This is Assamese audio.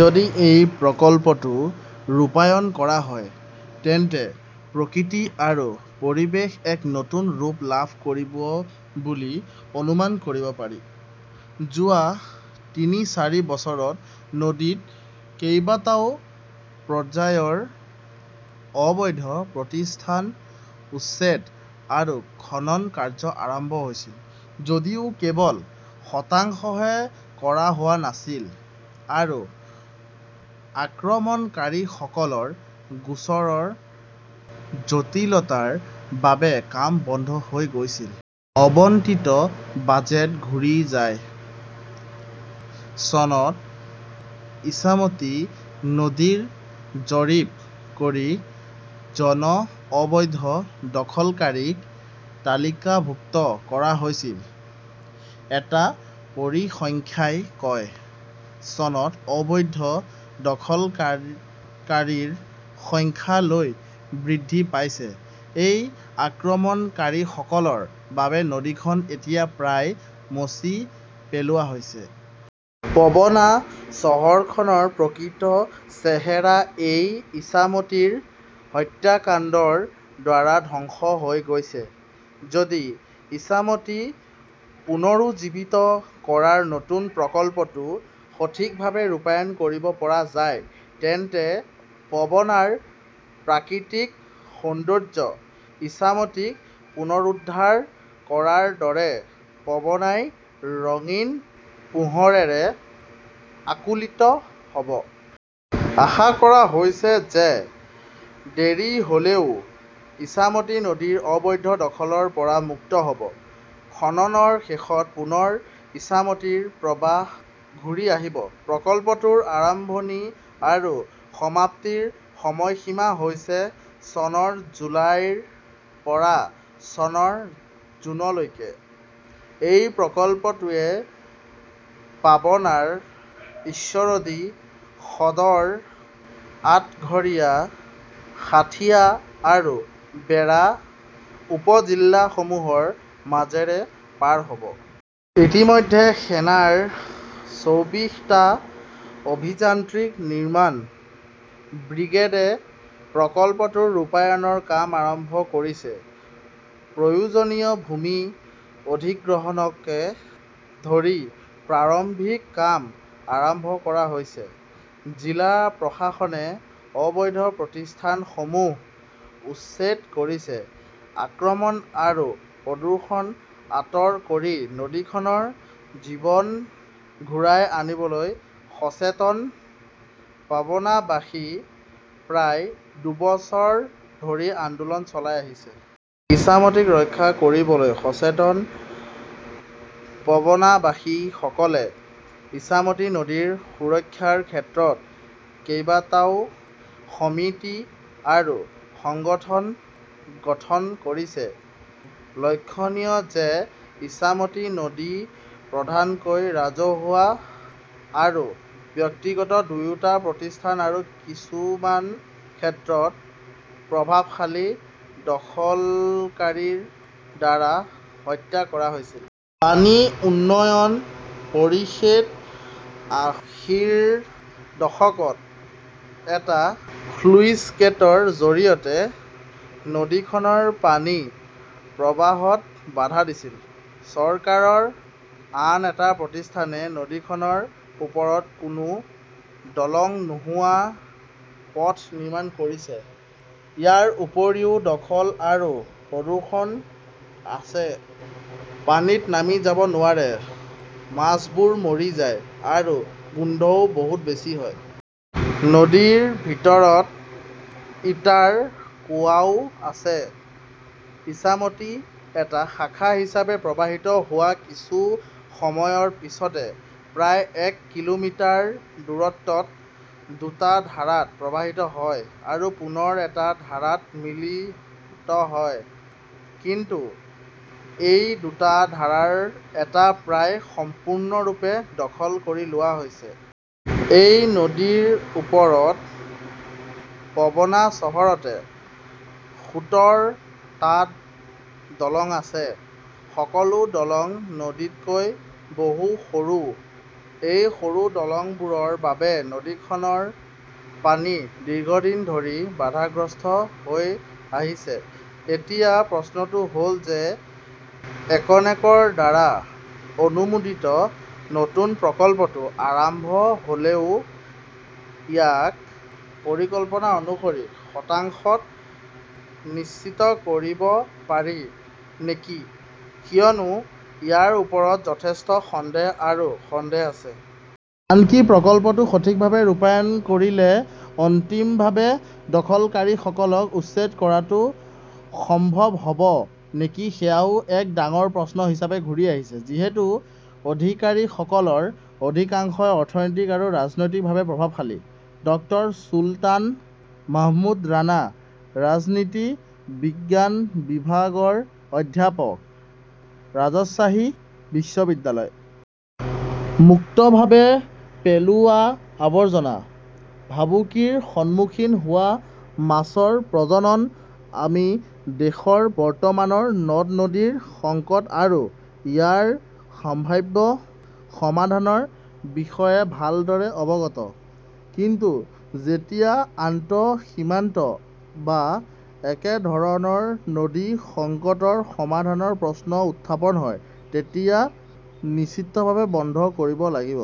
যদি এই প্ৰকল্পটো ৰূপায়ণ কৰা হয়, তেন্তে প্ৰকৃতি আৰু পৰিৱেশ এক নতুন ৰূপ লাভ কৰিব বুলি অনুমান কৰিব পাৰি। যোৱা তিনি-চাৰি বছৰত নদীত কেইবাটাও পৰ্যায়ৰ অবৈধ প্ৰতিষ্ঠান উচ্ছেদ আৰু খনন কাৰ্য আৰম্ভ হৈছিল যদিও কেৱল শতাংশহে কৰা হোৱা নাছিল, আৰু আক্ৰমণকাৰীসকলৰ গোচৰৰ জটিলতাৰ বাবে কাম বন্ধ হৈ গৈছিল। আবণ্টিত বাজেট ঘূৰি যায়। চনত ইছামতী নদীৰ জৰীপ কৰি জন অবৈধ দখলকাৰীক তালিকাভুক্ত কৰা হৈছিল, এটা পৰিসংখ্যাই কয়। চনত অবৈধ দখলকাৰীৰ সংখ্যা লৈ বৃদ্ধি পাইছে। এই আক্ৰমণকাৰীসকলৰ বাবে নদীখন এতিয়া প্ৰায় মচি পেলোৱা হৈছে। পবনা চহৰখনৰ প্ৰকৃত চেহেৰা এই ইছামতীৰ হত্যাকাণ্ডৰ দ্বাৰা ধ্বংস হৈ গৈছে। যদি ইছামতী পুনৰুজ্জীৱিত কৰাৰ নতুন প্ৰকল্পটো সঠিকভাৱে ৰূপায়ণ কৰিব পৰা যায়, তেন্তে পবনাৰ প্ৰাকৃতিক সৌন্দৰ্য্য ইছামতীক পুনৰুদ্ধাৰ কৰাৰ দৰে পবনাই ৰঙীন পোহৰেৰে আলোকিত হ 'ব। আশা কৰা হৈছে যে দেৰি হ’লেও ইছামতী নদী অবৈধ দখলৰ পৰা মুক্ত হ’ব। খননৰ শেষত পুনৰ ইছামতিৰ প্ৰবাহ ঘূৰি আহিব। প্ৰকল্পটোৰ আৰম্ভণি আৰু সমাপ্তিৰ সময়সীমা হৈছে চনৰ জুলাইৰ পৰা চনৰ জুনলৈকে। এই প্ৰকল্পটোৱে পাবনাৰ ঈশ্বৰদী, সদৰ, আটঘৰিয়া, সাঁথিয়া আৰু বেৰা উপজিল্লাসমূহৰ মাজেৰে পাৰ হ 'ব। ইতিমধ্যে সেনাৰ চৌবিশ টা অভিযান্ত্ৰিক নিৰ্মাণ ব্ৰিগেডে প্ৰকল্পটোৰ ৰূপায়ণৰ কাম আৰম্ভ কৰিছে। প্ৰয়োজনীয় ভূমি অধিগ্ৰহণকে ধৰি প্ৰাৰম্ভিক কাম আৰম্ভ কৰা হৈছে। জিলা প্ৰশাসনে অবৈধ প্ৰতিষ্ঠানসমূহ উচ্ছেদ কৰিছে। আক্ৰমণ আৰু প্ৰদূষণ আঁতৰ কৰি নদীখনৰ জীৱন ঘূৰাই আনিবলৈ সচেতন পাবনাবাসী প্ৰায় দুবছৰ ধৰি আন্দোলন চলাই আহিছে। ইছামতীক ৰক্ষা কৰিবলৈ সচেতন পবনাৱাসীসকলে ইছামতী নদীৰ সুৰক্ষাৰ ক্ষেত্ৰত কেইবাটাও সমিতি আৰু সংগঠন গঠন কৰিছে। লক্ষণীয় যে ইছামতী নদী প্ৰধানকৈ ৰাজহুৱা আৰু ব্যক্তিগত দুয়োটা প্ৰতিষ্ঠান আৰু কিছুমান ক্ষেত্ৰত প্ৰভাৱশালী দখলকাৰীৰ দ্বাৰা হত্যা কৰা হৈছিল। পানী উন্নয়ন পৰিষেদ আশীৰ দশকত এটা স্লুইছগেটৰ জৰিয়তে নদীখনৰ পানীৰ প্ৰবাহত বাধা দিছিল। চৰকাৰৰ আন এটা প্ৰতিষ্ঠানে নদীখনৰ ওপৰত কোনো দলং নোহোৱা পথ নিৰ্মাণ কৰিছে। ইয়াৰ উপৰিও দখল আৰু প্ৰদূষণ আছে। পানীত নামি যাব নোৱাৰে, মাছবোৰ মৰি যায়, আৰু গোন্ধও বহুত বেছি হয়। নদীৰ ভিতৰত ইটাৰ কুঁৱাও আছে। ইছামতী এটা শাখা হিচাপে প্ৰৱাহিত হোৱাৰ কিছু সময়ৰ পিছতে প্ৰায় এক কিলোমিটাৰ দূৰত্বত দুটা ধাৰাত প্ৰৱাহিত হয় আৰু পুনৰ এটা ধাৰাত মিলিত হয়। কিন্তু এই দুটা ধাৰাৰ এটা প্ৰায় সম্পূৰ্ণৰূপে দখল কৰি লোৱা হৈছে। এই নদীৰ ওপৰত পবনা চহৰতে সোতৰ টা দলং আছে। সকলো দলং নদীতকৈ বহু সৰু। এই সৰু দলংবোৰৰ বাবে নদীখনৰ পানী দীৰ্ঘদিন ধৰি বাধাগ্ৰস্ত হৈ আহিছে। এতিয়া প্ৰশ্নটো হ’ল যে একনেকৰ দ্বাৰা অনুমোদিত নতুন প্ৰকল্পটো আৰম্ভ হ" লেও ইয়াক পৰিকল্পনা অনুসৰি শতাংশত নিশ্চিত কৰিব পাৰি নেকি কিয়নো ইয়াৰ ওপৰত যথেষ্ট সন্দেহ আৰু সন্দেহ আছে। আনকি প্ৰকল্পটো সঠিকভাৱে ৰূপায়ণ কৰিলে অন্তিমভাৱে দখলকাৰীসকলক উচ্ছেদ কৰাটো সম্ভৱ হ’ব নেকি-সেয়াও এক ডাঙৰ প্ৰশ্ন হিচাপে ঘূৰি আহিছে। যিহেতু অধিকাৰীসকলৰ অধিকাংশই অৰ্থনৈতিক আৰু ৰাজনৈতিকভাৱে প্ৰভাৱশালী। ডক্টৰ চুলতান মাহমুদ ৰাণা, ৰাজনীতি বিজ্ঞান বিভাগৰ অধ্যাপক, ৰাজশ্বাহী বিশ্ববিদ্যালয়। মুক্তভাৱে পেলোৱা আৱৰ্জনা, ভাবুকিৰ সন্মুখীন হোৱা মাছৰ প্ৰজনন আমি দেশৰ বৰ্তমানৰ নদী-নদীৰ সংকট আৰু ইয়াৰ সম্ভাৱ্য সমাধানৰ বিষয়ে ভালদৰে অৱগত; কিন্তু যেতিয়া আন্তঃসীমান্ত বা একেধৰণৰ নদীৰ সংকটৰ সমাধানৰ প্ৰশ্ন উত্থাপন হয়, তেতিয়া নিশ্চিতভাৱে বন্ধ কৰিব লাগিব।